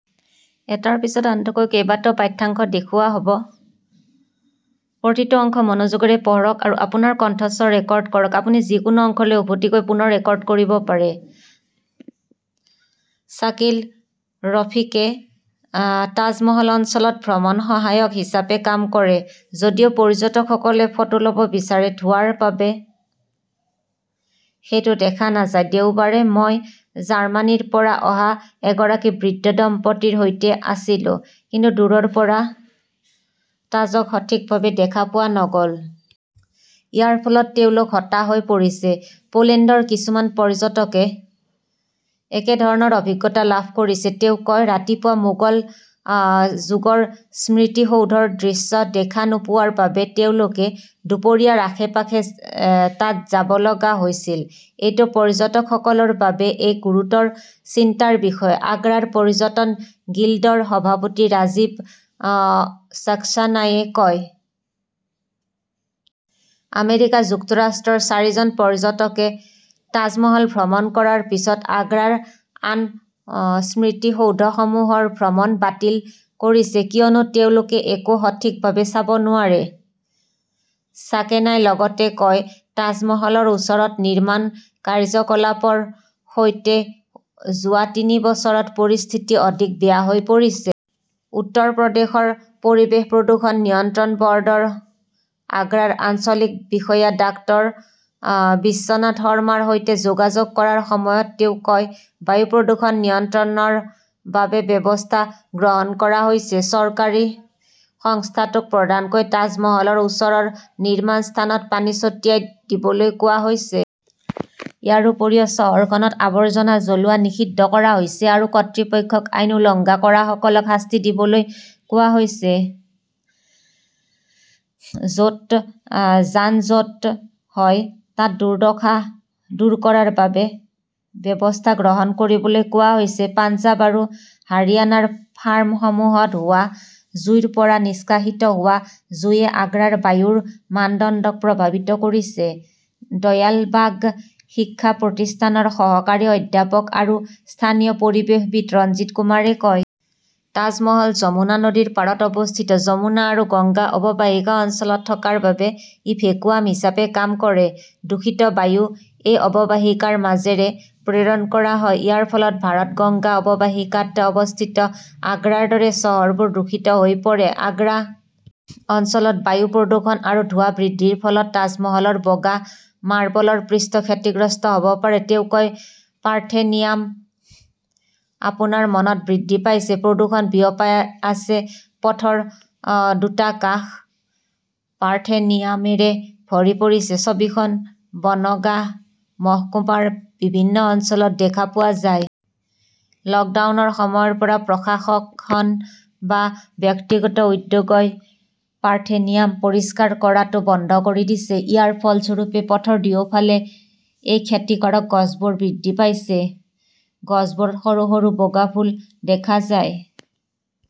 শ্বাকিল ৰফীকে তাজমহল অঞ্চলত ভ্ৰমণ সহায়ক হিচাপে কাম কৰে। যদিও পৰ্যটকসকলে ফটো লব বিচাৰে, ধোঁৱাৰ বাবে সেইটো দেখা নাযায়। দেওবাৰে, মই জাৰ্মানীৰ পৰা অহা এগৰাকী বৃদ্ধ দম্পতীৰ সৈতে আছিলো। কিন্তু দূৰৰ পৰা তাজক সঠিকভাৱে দেখা পোৱা নগল। ইয়াৰ ফলত তেওঁলোক হতাশ হৈ পৰিছে। পোলেণ্ডৰ কিছুমান পৰ্যটকে একেধৰণৰ অভিজ্ঞতা লাভ কৰিছে। তেওঁ কয়, ৰাতিপুৱা মোগল যুগৰ স্মৃতিসৌধৰ দৃশ্য দেখা নোপোৱাৰ বাবে তেওঁলোকে দুপৰীয়াৰ আশে-পাশে তাত যাব লগা হৈছিল। এইটো পৰ্যটকসকলৰ বাবে এক গুৰুতৰ চিন্তাৰ বিষয়, আগ্ৰাৰ পৰ্যটন গিল্ডৰ সভাপতি ৰাজীৱ সক্সেনায়ে কয়। আমেৰিকা যুক্তৰাষ্ট্ৰৰ চাৰিজন পৰ্যটকে তাজমহল ভ্ৰমণ কৰাৰ পিছত আগ্ৰাৰ আন স্মৃতিসৌধসমূহৰ ভ্ৰমণ বাতিল কৰিছে। কিয়নো তেওঁলোকে একো সঠিকভাৱে চাব নোৱাৰে। ছাকেনাই লগতে কয়, তাজমহলৰ ওচৰত নিৰ্মাণ কাৰ্যকলাপৰ সৈতে যোৱা তিনি বছৰত পৰিস্থিতি অধিক বেয়া হৈ পৰিছে। উত্তৰ প্ৰদেশৰ পৰিৱেশ প্ৰদূষণ নিয়ন্ত্ৰণ বৰ্ডৰ আগ্ৰাৰ আঞ্চলিক বিষয়া ডাঃ বিশ্বনাথ শৰ্মাৰ সৈতে যোগাযোগ কৰাৰ সময়ত তেওঁ কয়, বায়ু প্ৰদূষণ নিয়ন্ত্ৰণৰ বাবে ব্যৱস্থা গ্ৰহণ কৰা হৈছে। চৰকাৰী সংস্থাটোক প্ৰধানকৈ তাজমহলৰ ওচৰৰ নিৰ্মাণ স্থানত পানী ছটিয়াই দিবলৈ কোৱা হৈছে। ইয়াৰ উপৰিও, চহৰখনত আৱৰ্জনা জ্বলোৱা নিষিদ্ধ কৰা হৈছে আৰু কৰ্তৃপক্ষক আইন উলংঘা কৰাসকলক শাস্তি দিবলৈ কোৱা হৈছে। যত যান-জঁট হয় তাত দুৰ্দশা দূৰ কৰাৰ বাবে ব্যৱস্থা গ্ৰহণ কৰিবলৈ কোৱা হৈছে। পঞ্জাৱ আৰু হাৰিয়ানাৰ ফাৰ্মসমূহত হোৱা জুইৰ পৰা নিষ্কাশিত হোৱা জুইয়ে আগ্ৰাৰ বায়ুৰ মানদণ্ডক প্ৰভাৱিত কৰিছে, দয়ালবাগ শিক্ষা প্ৰতিষ্ঠানৰ সহকাৰী অধ্যাপক আৰু স্থানীয় পৰিৱেশবিদ ৰঞ্জিত কুমাৰে কয়। তাজমহল যমুনা নদীৰ পাৰত অৱস্থিত। যমুনা আৰু গংগা অৱবাহিকা অঞ্চলত থকাৰ বাবে ই ভেকুৱাম হিচাপে কাম কৰে। দূষিত বায়ু এই অৱবাহিকাৰ মাজেৰে প্ৰেৰণ কৰা হয়। ইয়াৰ ফলত ভাৰত-গংগা অৱবাহিকাত অৱস্থিত আগ্ৰাৰ দৰে চহৰবোৰ দূষিত হৈ পৰে। আগ্ৰা অঞ্চলত বায়ু প্ৰদূষণ আৰু ধোঁৱা বৃদ্ধিৰ ফলত তাজমহলৰ বগা মাৰ্বলৰ পৃষ্ঠ ক্ষতিগ্ৰস্ত হব পাৰে, তেওঁ কয়, পাৰ্থেনিয়াম আপোনাৰ মনত বৃদ্ধি পাইছে, প্ৰদূষণ বিয়পাই আছে পথৰ দুটা কাষ পাৰ্থেনিয়ামেৰে ভৰি পৰিছে। ছবিখন বনগাঁ মহকুমাৰ বিভিন্ন অঞ্চলত দেখা পোৱা যায়। লকডাউনৰ সময়ৰ পৰা প্ৰশাসন বা ব্যক্তিগত উদ্যোগই পাৰ্থেনিয়াম পৰিষ্কাৰ কৰাটো বন্ধ কৰি দিছে। ইয়াৰ ফলস্বৰূপে, পথৰ দুয়োফালে এই ক্ষতিকাৰক গছবোৰ বৃদ্ধি পাইছে। গছবোৰত সৰু-সৰু বগা ফুল দেখা যায়।